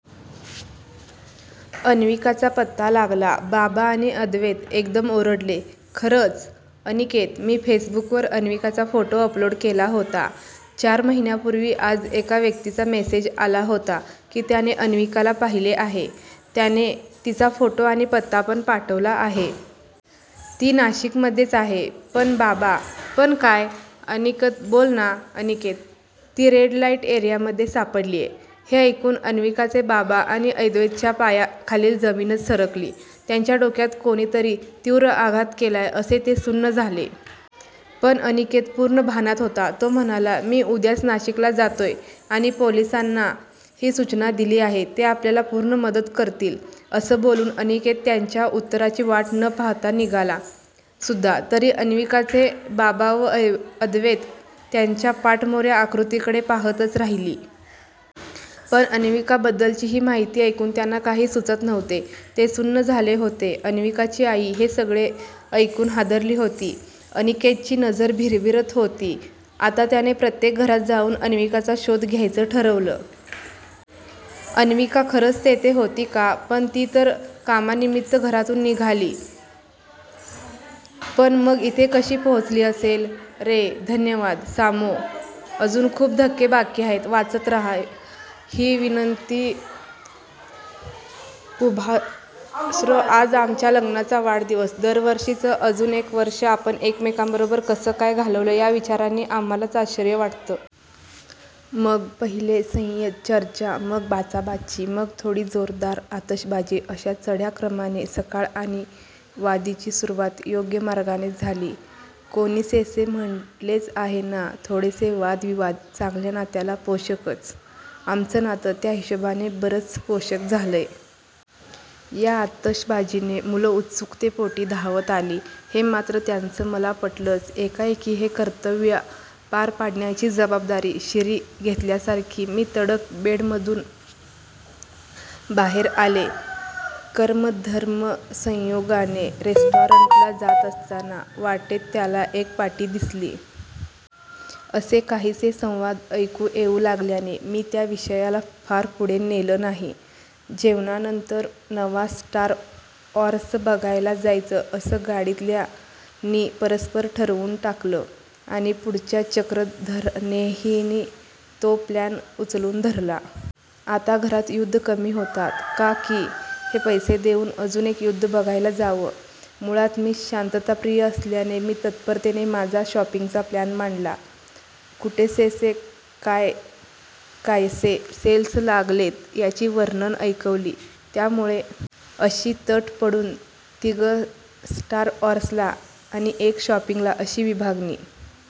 अन्विकाचा पत्ता लागला "बाबा आणि अव्दैत एकदम ओरडले, "खरंच "अनिकेत," मी फेसबुकवर अन्विकाचा फोटो अपलोड केला होता चार महिन्या पूर्वी, आज एका व्यक्तीचा मेसेज आला होता की त्याने अन्विकाला पाहिले आहे त्याने तिचा फोटो आणि पत्ता पण पाठवला आहे. ती नाशिक मध्येच आहे पण" बाबा, " पण काय? अनिकेत बोल ना! "अनिकेत, " ती रेड लाईट एरिआ मध्ये सापडलीय. "हे ऐकून अन्विकाचे बाबा आणि अव्दैतच्या पाया खालील जमीनच सरकली. त्यांच्या डोक्यात कोणी तरी तीव्र आघात केलाय असे ते सुन्न झाले. पण अनिकेत पूर्ण भानात होता. तो म्हणाला मी उद्याच नाशिकला जातोय आणि पोलीसांना ही सूचना दिली आहे ते आपल्याला पूर्ण मदत करतील. अस बोलून अनिकेत त्यांच्या उत्तराची वाटही न पाहता निघला सुद्धा. तरी अन्विकाचे बाबा व अव्दैत त्याच्या पाठमोर्या आकृतीकडे पाहताच राहिली. पण अन्विका बद्दलची ही माहिती ऐकून त्यांना काही सूचत नव्हते. ते सुन्न झाले होते. अन्विकाची आई हे सगळे ऐकून हादरली होती. अनिकेतची नजर भिरभिरत होती. आता त्याने प्रत्येक घरात जाऊन अन्विकाचा शोध घ्यायचं ठरवलं. अन्विका खरच तेथे होती का? पण ती तर कामानिमित्त घरातून निघाली पण मग इथे कशी पोहचली असेल? रे! धन्यवाद सामो, अजून खूप धक्के बाकी आहेत वाचत रहा ही विनंतीपुभाप्र! आज आमच्या लग्नाचा वाढदिवस! दरवर्षीच अजून एक वर्ष आपण एकमेकांबरोबर कसं काय घालवलं ह्या विचारानी आम्हालाच आश्चर्य वाटतं. मग पहिले संयत चर्चा, मग बाचा-बाची, मग थोडी जोरदार आतषबाजी अश्या चढ्या क्रमाने सकाळ आणि वदि ची सुरुवात योग्य मार्गानेच झाली. कोणीसेसे म्हटलेच आहे ना थोडेसे वाद-विवाद चांगल्या नात्याला पोषकच! आमचं नातं त्या हिशोबाने बरंच पोषक झालंय. या आतषबाजीने मुलं उत्सुकतेपोटी धावत आली. हे मात्र त्यांचं मला पटलंच. एकाएकी हे कर्तव्या पार पाडण्याची जबाबदारी शिरी घेतल्यासारखी मी तडक बेडमधून बाहेर आले. कर्म-धर्मसंयोगाने रेस्टॉरंटला जात असताना वाटेत त्याला एक पाटी दिसली -!,''" असे काहीसे संवाद ऐकू येऊ लागल्याने मी त्या विषयाला फार पुढे नेलं नाही. जेवणानंतर नवा स्टार-वॉर्स बघायला जायचं असं गाडीतल्या नी परस्पर ठरवून टाकलं आणि पुढच्या चक्रधरानेही तो प्लॅन उचलून धरला. आता घरात युद्ध कमी होतात का की हे पैसे देऊन अजून एक युद्ध बघायला जावं? मूळात मी शांतताप्रिय असल्याने मी तत्परतेने माझा शॉपिंगचा प्लॅन मांडला. कुठेसेसे काय-कायसे सेल्स लागलेत याची वर्णनं ऐकवली. त्यामुळे अशी तट पडून तिघं स्टार-वॉर्सला आणि एक शॉपिंगला अशी विभागणी